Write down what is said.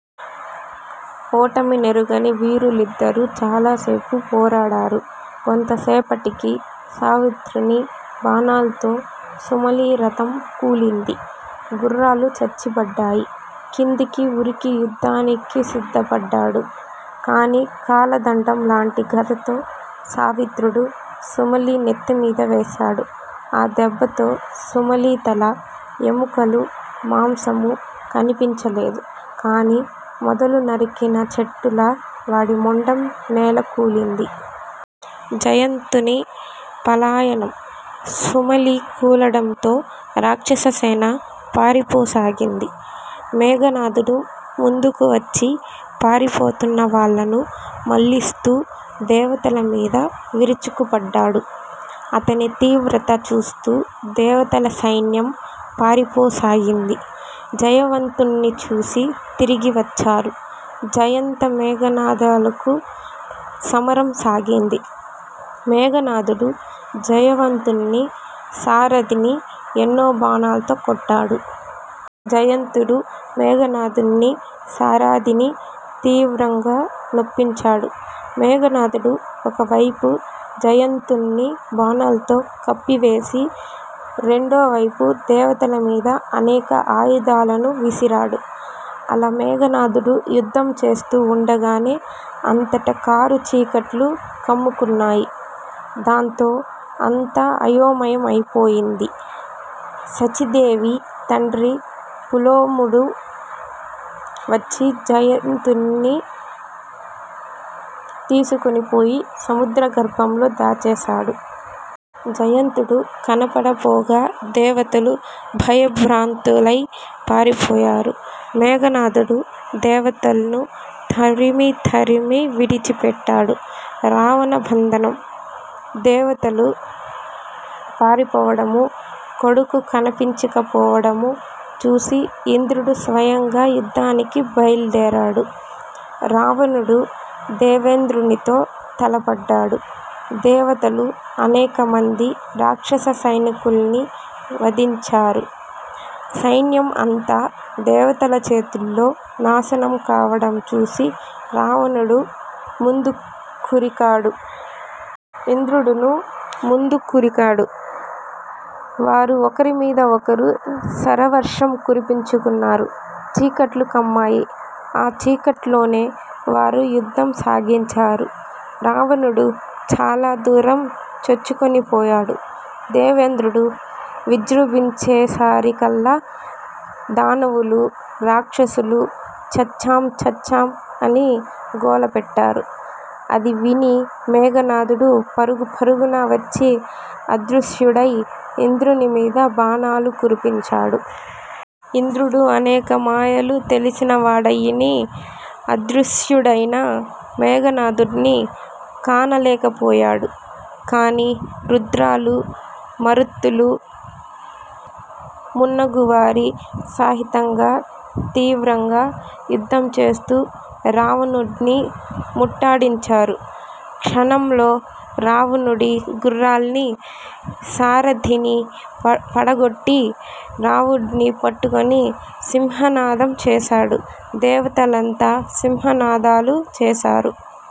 ఓటమినెరుగని వీరులిద్దరూ చాలసేపు పోరాడారు. కొంతసేపటికి సావిత్రుని బాణాల్తో సుమలి రథం కూలింది. గుర్రాలు చచ్చిబడ్డాయి. కిందికి ఉరికి యుద్దానికి సిద్దపడ్డాడు. కాని కాలదండం లాంటి గదతో సావిత్రుడు సుమాలి నెత్తిమీదవేశాడు. ఆ దెబ్బతో సుమలితలా, ఎముకలూ, మాంసమూ కనిపించలేదు. కాని మొదలు నరికిన చెట్టులా వాడి మొండెం నేలకూలింది. జయంతుని పలాయనం: సుమలి కూలడంతో రాక్షససేన పారిపోసాగింది. మేఘనాధుడు ముందుకు వచ్చి పారిపోతున్న వాళ్ళను మళ్ళిస్తూ దేవతలమీద విరుచుకు పడ్డాడు. అతని తీవ్రత చూస్తూ దేవతల సైన్యం పారిపోసాగింది. జయవంతుణ్ని చూసి తిరిగివచ్చారు. జయంత మేఘనాధాలకు సమరం సాగింది. మేఘనాధుడు జయవంతుని సారధిని ఎన్నో బాణాల్తో కొట్టాడు. జయంతుడూ మేఘనాధున్ని సారధిని తీవ్రంగా నొప్పించాడు. మేఘనాధుడు ఒకవైపు జయంతుణ్ని బాణాల్తో కప్పివేసి రెండోవైపు దేవతల మీద అనేక ఆయుధాలను విసిరాడు. అలా మేఘనాధుడు యుద్దం చేస్తు వుండగానే అంతటా కారుచీకట్లు కమ్ముకున్నాయి. దాంతో అంతా అయోమయం అయిపోయింది. సచీదేవి తండ్రి పులోముడు వచ్చి జయంతుణ్ని తీసుకొనిపోయి సముద్ర గర్భంలో దాచేశాడు. జయంతుడు కనపడపోగా దేవతలు భయభ్రాంతులై పారిపోయారు. మేఘనాధుడు దేవతల్ను తరిమి తరిమి విడిచిపెట్టాడు. రావణ బంధనం: దేవతలు పారిపోవడమూ కొడుకు కనిపించకపోవడమూ చూసి ఇంద్రుడు స్వయంగా యుద్దానికి బైల్దేరాడు. రావణుడు దేవేంద్రునితో తలపడ్డాడు. దేవతలు అనేకమంది రాక్షస సైనికుల్ని వధించారు. సైన్యం అంతా దేవతల చేతుల్లో నాశనం కావడం చూసి రావణుడు ముందుకురికాడు. ఇంద్రుడున్నూ ముందు కురికాడు. వారు ఒకరిమీద ఒకరు శరవర్షం కురిపించుకున్నారు. చీకట్లు కమ్మాయి. ఆ చీకట్లోనే వారు యుద్దం సాగించారు. రావణుడు చాలదూరం చొచ్చుకొనిపోయాడు. దేవేంద్రుడు విజృంభించేసరికల్లా దానవులూ, రాక్షసులూ, చచ్చాం చచ్చాం అని గోలపెట్టారు. అది విని మేఘనాధుడు పరుగు పరుగున వచ్చి అదృశ్యుడై ఇంద్రుని మీద బాణాలు కురిపించాడు. ఇంద్రుడు అనేక మాయలు తెలిసినవాడయ్యిన్నీ అదృశ్యుడైన మేఘనాధుడ్ని కానలేకపోయాడు. కాని రుద్రాలూ, మరుత్తులూ మున్నగువారి సహితంగా తీవ్రంగా యుద్దంచేస్తూ రావణుడ్ని ముట్టాడించారు. క్షణంలో రావణుడి గుర్రాల్నీ, సారథినీ పడగొట్టి రావణుడ్ని పట్టుకొని సింహనాదం చేశాడు. దేవతలంతా సింహనాదాలు చేశారు.